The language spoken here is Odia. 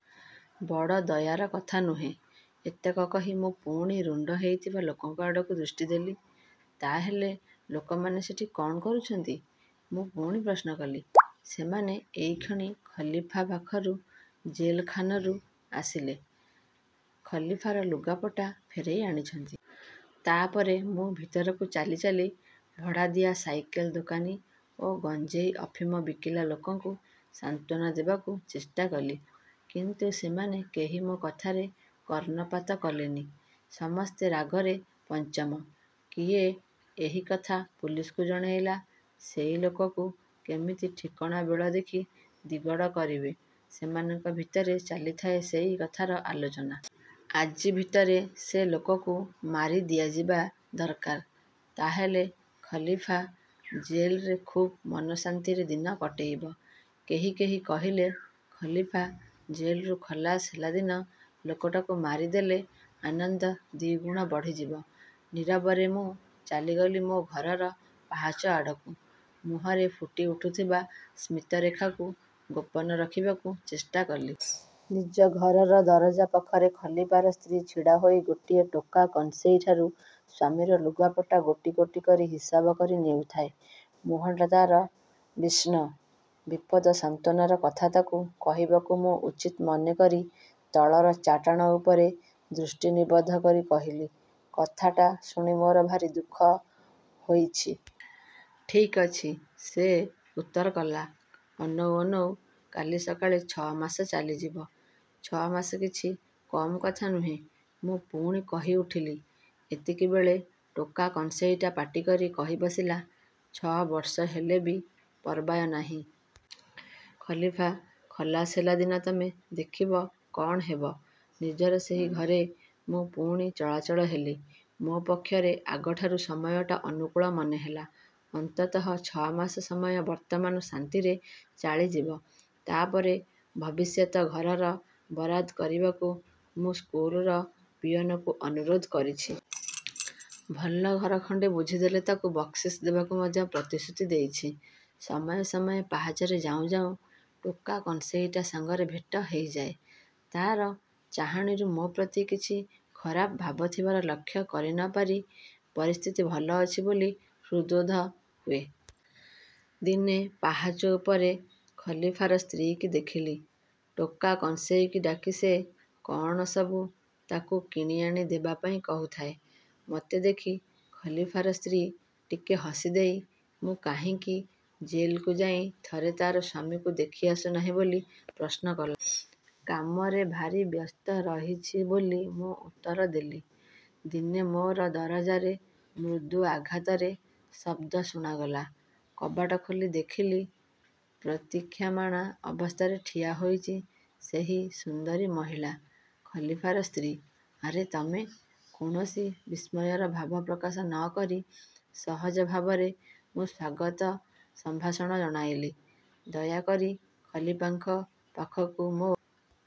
" "ବଡ଼ ଦୟାର କଥା, ନୁହେଁ? "ଏତକ କହି ମୁଁ ପୁଣି ରୁଣ୍ଡ ହେଇଥିବା ଲୋକଙ୍କଆଡ଼କୁ ଦୃଷ୍ଟି ଦେଲି। "ତା ହେଲେ ଲୋକମାନେ ସେଠି କଣ କରୁଛନ୍ତି? " ମୁଁ ପୁଣି ପ୍ରଶ୍ନ କଲି। ସେମାନେ ଏଇକ୍ଷଣି ଖଲିଫା ପାଖରୁ ଜେଲଖାନରୁ ଆସିଲେ। ଖଲିଫାର ଲୁଗାପଟା ଫେରେଇ ଆଣିଛନ୍ତି। ତା'ପରେ ମୁଁ ଭିତରକୁ ଚାଲିଚାଲି ଭଡ଼ାଦିଆ ସାଇକେଲ ଦୋକାନୀ ଓ ଗଞ୍ଜେଇ ଅଫିମ ବିକିଲା ଲୋକଙ୍କୁ ସାନ୍ତ୍ୱନା ଦେବାକୁ ଚେଷ୍ଟା କଲି। କିନ୍ତୁ ସେମାନେ କେହି ମୋ କଥାରେ କର୍ଣ୍ଣପାତ କଲେନି। ସମସ୍ତେ ରାଗରେ ପଞ୍ଚମ। କିଏ ଏହି କଥା ପୁଲିସକୁ ଜଣେଇଲା, ସେଇ ଲୋକକୁ କେମିତି ଠିକଣା ବେଳ ଦେଖି ଦିଗଡ଼ କରିବେ ସେମାନଙ୍କ ଭିତରେ ଚାଲିଥାଏ ସେଇ କଥାର ଆଲୋଚନା। ଆଜି ଭିତରେ ସେ ଲୋକକୁ ମାରିଦିଆଯିବା ଦରକାର–ତାହେଲେ ଖଲିଫା ଜେଲରେ ଖୁବ୍ ମନଶାନ୍ତିରେ ଦିନ କଟେଇବ। କେହି କେହି କହିଲେ, ଖଲିଫା ଜେଲରୁ ଖଲାସ ହେଲାଦିନ ଲୋକଟାକୁ ମାରି ଦେଲେ ଆନନ୍ଦ ଦିଗୁଣ ବଢ଼ିଯିବ। ନୀରବରେ ମୁଁ ଚାଲିଗଲି ମୋ ଘରର ପାହାଚଆଡ଼କୁ। ମୁହଁରେ ଫୁଟି ଉଠୁଥିବା ସ୍ମିତରେଖାକୁ ଗୋପନ ରଖିବାକୁ ଚେଷ୍ଟାକଲି। ନିଜ ଘରର ଦରଜା ପାଖରେ ଖଲିଫାର ସ୍ତ୍ରୀ ଛିଡ଼ା ହୋଇ ଗୋଟିଏ ଟୋକା କଂସେଇଠାରୁ ସ୍ଵାମୀର ଲୁଗାପଟା ଗୋଟି ଗୋଟି କରି ହିସାବ କରି ନେଉଥାଏ। ମୁହଁଟା ତା'ର ବିଷଣ୍ଣ। ଦିପଦ ସାନ୍ତ୍ୱନାର କଥା ତାକୁ କହିବାକୁ ମୁଁ ଉଚିତ ମନେକରି ତଳର ଚାଟାଣ ଉପରେ ଦୃଷ୍ଟି ନିବଦ୍ଧ କରି କହିଲି, "କଥାଟା ଶୁଣି ମୋର ଭାରି ଦୁଃଖ ହୋଇଛି। "ଠିକ୍ ଅଛି। " ସେ ଉତ୍ତର କଲା, "ଅନଉ ଅନଉ କାଲି ସକାଳେ ଛ' ମାସ ଚାଲିଯିବ। " "ଛ' ମାସ କିଛି କମ କଥା ନୁହେଁ। " ମୁଁ ପୁଣି କହି ଉଠିଲି। ଏତିକିବେଳେ ଟୋକା କଂସେଇଟା ପାଟିକରି କହିବସିଲା, "ଛ'ବର୍ଷ ହେଲେ ବି ପରବାୟ ନାହିଁ। ଖଲିଫା ଖଲାସ ହେଲା ଦିନ ତମେ ଦେଖିବ କ'ଣ ହେବ। " ନିଜର ସେହି ଘରେ ମୁଁ ପୁଣି ଚଳାଚଳ ହେଲି। ମୋ ପକ୍ଷରେ ଆଗଠାରୁ ସମୟଟା ଅନୁକୂଳ ମନେହେଲା। ଅନ୍ତତଃ ଛ'ମାସ ସମୟ ବର୍ତ୍ତମାନ ଶାନ୍ତିରେ ଚାଳିଯିବି। ତା'ପରେ ଭବିଷ୍ୟତ ଘରର ବରାଦ କରିବାକୁ ମୁଁ ସ୍କୁଲର ପିଅନକୁ ଅନୁରୋଧ କରିଛି। ଭଲ ଘର ଖଣ୍ଡେ ବୁଝିଦେଲେ ତାକୁ ବକ୍ସିସ୍ ଦେବାକୁ ମଧ୍ୟ ପ୍ରତିଶ୍ରୁତି ଦେଇଛି। ସମୟେ ସମୟେ ପାହାଚରେ ଯାଉଁ ଯାଉଁ ଟୋକା କଂସେଇଟା ସାଙ୍ଗରେ ଭେଟ ହେଇଯାଏ। ତାର ଚାହାଣୀରୁ ମୋ ପ୍ରତି କିଛି ଖରାପ ଭାବ ଥିବାର ଲକ୍ଷ୍ୟ କରି ନ ପାରି ପରିସ୍ଥିତି ଭଲ ଅଛି ବୋଲି ହୃଦ୍ବୋଧ ହୁଏ। ଦିନେ ପାହାଚ ଉପରେ ଖଲିଫାର ସ୍ତ୍ରୀକି ଦେଖିଲି। ଟୋକା କଂସେଇକି ଡାକି ସେ କଣସବୁ ତାକୁ କିଣିଆଣି ଦେବାପାଇଁ କହୁଥାଏ। ମତେ ଦେଖି ଖଲିଫାର ସ୍ତ୍ରୀ ଟିକେ ହସିଦେଇ ମୁଁ କାହିଁକି ଜେଲକୁ ଯାଇ ଥରେ ତାର ସ୍ଵାମୀକୁ ଦେଖି ଆସୁନାହିଁ ବୋଲି ପ୍ରଶ୍ନ କଲା। କାମରେ ଭାରି ବ୍ୟସ୍ତ ରହିଛି ବୋଲି ମୁଁ ଉତ୍ତର ଦେଲି। ଦିନେ ମୋର ଦରଜାରେ ମୃଦୁ ଆଘାତରେ ଶବ୍ଦ ଶୁଣାଗଲା। କବାଟ ଖୋଲି ଦେଖିଲି, ପ୍ରତୀକ୍ଷାମାଣା ଅବସ୍ଥାରେ ଠିଆ ହୋଇଛି ସେହି ସୁନ୍ଦରୀ ମହିଳା, ଖଲିଫାର ସ୍ତ୍ରୀ। "ଆରେ, ତମେ," କୌଣସି ବିସ୍ମୟର ଭାବ ପ୍ରକାଶ ନ କରି ସହଜ ଭାବରେ ମୁଁ ସ୍ଵାଗତ ସମ୍ଭାଷଣ ଜଣାଇଲି। "ଦୟାକରି ଖଲିଫାଙ୍କ ପାଖକୁ ମୋ